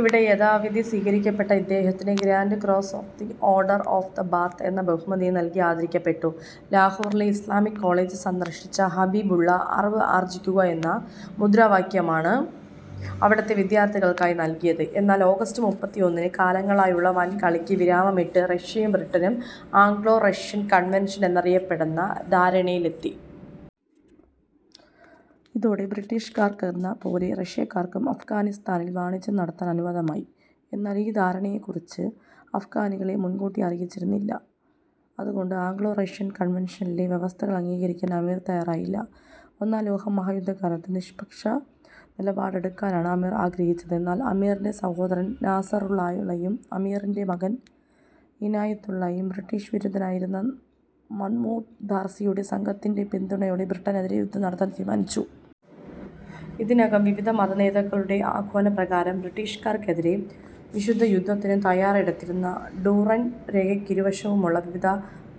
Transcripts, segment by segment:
ഇവിടെ യഥാവിധി സ്വീകരിക്കപ്പെട്ട ഇദ്ദേഹത്തിന് Grand Cross of the Order of the Bath എന്ന ബഹുമതിയും നൽകി ആദരിക്കപ്പെട്ടു. ലാഹോറിലെ ഇസ്ലാമിക് കോളേജ് സന്ദർശിച്ച ഹബീബുള്ളാ അറിവ് ആർജിക്കുക എന്ന മുദ്രാവാക്യമാണ് അവിടത്തെ വിദ്യാർഥികൾക്കായി നൽകിയത്. എന്നാൽ ഓഗസ്റ്റ് മുപ്പത്തിയൊന്നിന് കാലങ്ങളായുള്ള വൻകളിക്ക് വിരാമമിട്ട് റഷ്യയും ബ്രിട്ടനും ആംഗ്ലോ റഷ്യൻ കൺവെൻഷൻ എന്നറിയപ്പെടുന്ന ധാരണയിലെത്തി. ഇതോടെ ബ്രിട്ടീഷുകാർക്കെന്ന പോലെ റഷ്യക്കാർക്കും അഫ്ഗാനിസ്ഥാനിൽ വാണിജ്യം നടത്താൻ അനുവാദമായി. എന്നാൽ ഈ ധാരണയെക്കുറിച്ച് അഫ്ഗാനികളെ മുൻകൂട്ടി അറിയിച്ചിരുന്നില്ല. അതുകൊണ്ട് ആംഗ്ലോ റഷ്യൻ കൺവെൻഷനിലെ വ്യവസ്ഥകൾ അംഗീകരിക്കാൻ അമീർ തയ്യാറായില്ല. ഒന്നാം ലോകമഹായുദ്ധകാലത്ത് നിഷ്പക്ഷ നിലപാടെടുക്കാനാണ് അമീർ ആഗ്രഹിച്ചത്. എന്നാൽ അമീറിൻ്റെസഹോദരൻ നാസറുള്ളായും അമീറിൻ്റെമകൻ ഇനായത്തുള്ളായും ബ്രിട്ടീഷ് വിരുദ്ധനായിരുന്ന മഹ്മൂദ് താർസിയുടെ സംഘത്തിൻ്റെപിന്തുണയോടെ ബ്രിട്ടനെതിരെ യുദ്ധം നടത്താൻ തീരുമാനിച്ചു. ഇതിനകം വിവിധ മതനേതാക്കളുടെ ആഹ്വാനപ്രകാരം ബ്രിട്ടീഷുകാർക്കെതിരെ വിശുദ്ധയുദ്ധത്തിന് തയ്യാറെടുത്തിരുന്ന ഡ്യൂറൻഡ് രേഖയ്ക്കിരുവശവുമുള്ള വിവിധ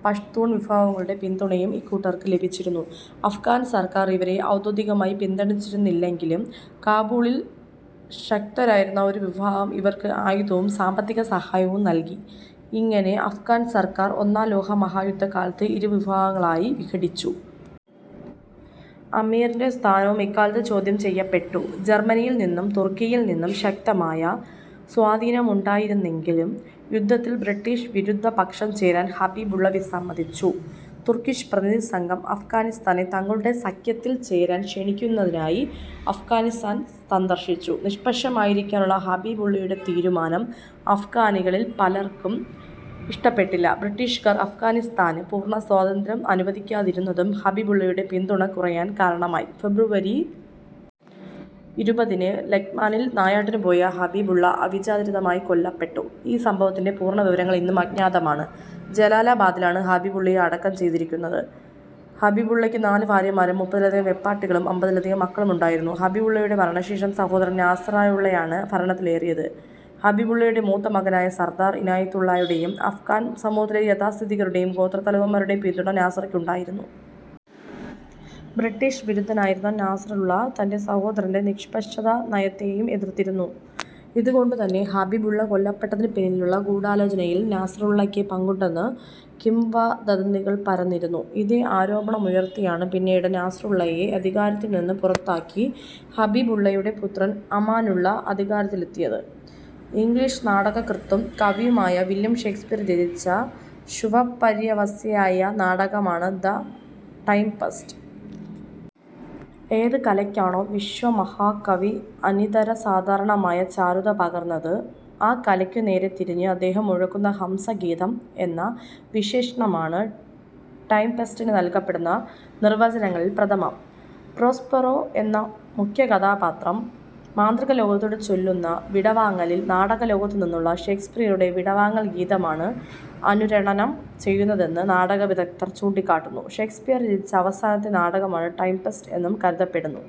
പഷ്തൂൺ വിഭാഗങ്ങളുടെ പിന്തുണയും ഇക്കൂട്ടർക്ക് ലഭിച്ചിരുന്നു. അഫ്ഗാൻ സർക്കാർ ഇവരെ ഔദ്യോഗികമായി പിന്തുണച്ചിരുന്നില്ലെങ്കിലും കാബൂളിൽ ശക്തരായിരുന്ന ഒരു വിഭാഗം ഇവർക്ക് ആയുധവും സാമ്പത്തിക സഹായവും നൽകി. ഇങ്ങനെ അഫ്ഗാൻ സർക്കാർ ഒന്നാം ലോകമഹായുദ്ധകാലത്ത് ഇരുവിഭാഗങ്ങളായി വിഘടിച്ചു. അമീറിൻ്റെസ്ഥാനവും ഇക്കാലത്ത് ചോദ്യം ചെയ്യപ്പെട്ടു. ജർമ്മനിയിൽനിന്നും തുർക്കിയിൽനിന്നും ശക്തമായ സ്വാധീനമുണ്ടായിരുന്നെങ്കിലും യുദ്ധത്തിൽ ബ്രിട്ടീഷ് വിരുദ്ധപക്ഷം ചേരാൻ ഹബീബുള്ളാ വിസമ്മതിച്ചു. തുർക്കിഷ് പ്രതിനിധിസംഘം അഫ്ഗാനിസ്ഥാനെ തങ്ങളുടെ സഖ്യത്തിൽ ചേരാൻ ക്ഷണിക്കുന്നതിനായി അഫ്ഗാനിസ്ഥാൻ സന്ദർശിച്ചു. നിഷ്പക്ഷമായിരിക്കാനുള്ള ഹബീബുള്ളായുടെ തീരുമാനം അഫ്ഗാനികളിൽ പലർക്കും ഇഷ്ടപ്പെട്ടില്ല. ബ്രിട്ടീഷുകാർ അഫ്ഗാനിസ്ഥാന് പൂർണസ്വാതന്ത്ര്യം അനുവദിക്കാതിരുന്നതും ഹബീബുള്ളായുടെ പിന്തുണ കുറയാൻ കാരണമായി. ഫെബ്രുവരി ഇരുപതിന് ലാഗ്മാനിൽ നായാട്ടിനു പോയ ഹബീബുള്ളാ അവിചാരിതമായി കൊല്ലപ്പെട്ടു. ഈ സംഭവത്തിൻ്റെപൂർണവിവരങ്ങൾ ഇന്നും അജ്ഞാതമാണ്. ജലാലാബാദിലാണ് ഹബീബുള്ളായെ അടക്കം ചെയ്തിരിക്കുന്നത്. ഹബീബുള്ളായ്ക്ക് നാല് ഭാര്യമാരും മുപ്പതിലധികം വെപ്പാട്ടികളും അമ്പതിലധികം മക്കളുമുണ്ടായിരുന്നു. ഹബീബുള്ളായുടെ മരണശേഷം സഹോദരൻ നാസറുള്ളായാണ് ഭരണത്തിലേറിയത്. ഹബീബുള്ളായുടെ മൂത്ത മകനായ സർദാർ ഇനായത്തുള്ളായുടെയും അഫ്ഗാൻ സമൂഹത്തിലെ യാഥാസ്ഥിതികരുടെയും ഗോത്രത്തലവന്മാരുടെയും പിന്തുണ നാസറുള്ളായ്ക്കുണ്ടായിരുന്നു. ബ്രിട്ടീഷ് വിരുദ്ധനായിരുന്ന നാസറുള്ളാ തൻ്റെസഹോദരൻ്റെനിഷ്പക്ഷതാനയത്തേയും എതിർത്തിരുന്നു. ഇതുകൊണ്ടുതന്നെ ഹബീബുള്ളാ കൊല്ലപ്പെട്ടതിനു പിന്നിലുള്ള ഗൂഢാലോചനയിൽ നാസറുള്ളായ്ക്ക് പങ്കുണ്ടെന്ന് കിംവദന്തികൾ പരന്നിരുന്നു. ഇതേ ആരോപണമുയർത്തിയാണ് പിന്നീട് നാസറുള്ളായെ അധികാരത്തിൽനിന്ന് പുറത്താക്കി ഹബീബുള്ളായുടെ പുത്രൻ അമാനുള്ള അധികാരത്തിലെത്തിയത്. ഇംഗ്ലീഷ് നാടകകൃത്തും കവിയുമായ വില്യം ഷേക്സ്പിയർ രചിച്ച ശുഭപര്യവസായിയായ നാടകമാണ് ദ് ടെംപെസ്റ്റ്. ഏതു കലയ്ക്കാണോ വിശ്വമഹാകവി അനിതരസാധാരണമായ ചാരുത പകർന്നത്, ആ കലയ്ക്കുനേരെ തിരിഞ്ഞ് അദ്ദേഹം മുഴക്കുന്ന ഹംസഗീതം എന്ന വിശേഷണമാണ് ടെംപെസ്റ്റിന് നൽകപ്പെടുന്ന നിർവചനങ്ങളിൽ പ്രഥമം. പ്രോസ്പെറോ എന്ന മുഖ്യകഥാപാത്രം മാന്ത്രികലോകത്തോട് ചൊല്ലുന്ന വിടവാങ്ങലിൽ നാടകലോകത്തുനിന്നുള്ള ഷേക്സ്പിയറുടെ വിടവാങ്ങൽഗീതമാണ് അനുരണനം ചെയ്യുന്നതെന്ന് നാടകവിദഗ്ധർ ചൂണ്ടിക്കാട്ടുന്നു. ഷേക്സ്പിയർ രചിച്ച അവസാനത്തെ നാടകമാണ് ടെംപെസ്റ്റ് എന്നു കരുതപ്പെടുന്നു.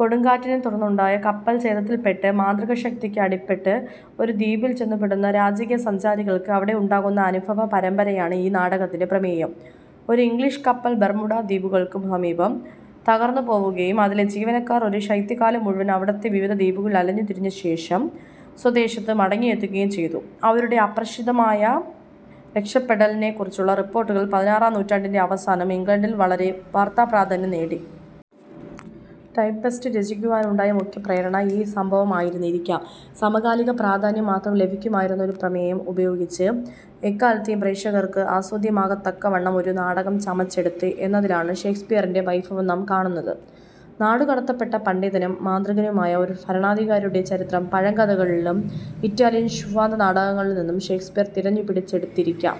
കൊടുങ്കാറ്റിനെത്തുടർന്നുണ്ടായ കപ്പൽച്ചേതത്തിൽപ്പെട്ട് മാന്ത്രികശക്തിക്ക് അടിപ്പെട്ട ഒരു ദ്വീപിൽ ചെന്നുപെടുന്ന രാജകീയ സഞ്ചാരികൾക്ക് അവിടെ ഉണ്ടാകുന്ന അനുഭവപരമ്പരയാണ് ഈ നാടകത്തിൻ്റെപ്രമേയം. ഒരു ഇംഗ്ലീഷ് കപ്പൽ ബെർമുഡാ ദ്വീപുകൾക്കു സമീപം തകർന്നുപോവുകയും അതിലെ ജീവനക്കാർ ഒരു ശൈത്യകാലം മുഴുവൻ അവിടത്തെ വിവിധ ദ്വീപുകളിൽ അലഞ്ഞുതിരിഞ്ഞശേഷം സ്വദേശത്ത് മടങ്ങിയെത്തുകയും ചെയ്തു. അവരുടെ അപ്രതീക്ഷിതമായ രക്ഷപ്പെടലിനെക്കുറിച്ചുള്ള റിപ്പോർട്ടുകൾ പതിനാറാം നൂറ്റാണ്ടിൻ്റെഅവസാനം ഇംഗ്ലണ്ടിൽ വളരെ വാർത്താപ്രാധാന്യം നേടി. ടെംപെസ്റ്റ് രചിക്കുവാനുണ്ടായ മുഖ്യപ്രേരണ ഈ സംഭവം ആയിരുന്നിരിക്കാം. സമകാലിക പ്രാധാന്യം മാത്രം ലഭിക്കുമായിരുന്ന ഒരു പ്രമേയം ഉപയോഗിച്ച് എക്കാലത്തെയും പ്രേക്ഷകർക്ക് ആസ്വാദ്യമാകത്തക്കവണ്ണം ഒരു നാടകം ചമച്ചെടുത്തു എന്നതിലാണ് ഷേക്സ്പിയറിൻ്റെവൈഭവം നാം കാണുന്നത്. നാടുകടത്തപ്പെട്ട പണ്ഡിതനും മാന്ത്രികനുമായ ഒരു ഭരണാധികാരിയുടെ ചരിത്രം പഴങ്കഥകളിലും ഇറ്റാലിയൻ ശുഭാന്തനാടകങ്ങളിലുംനിന്ന് ഷേക്സ്പിയർ തിരഞ്ഞുപിടിച്ചെടുത്തിരിക്കാം.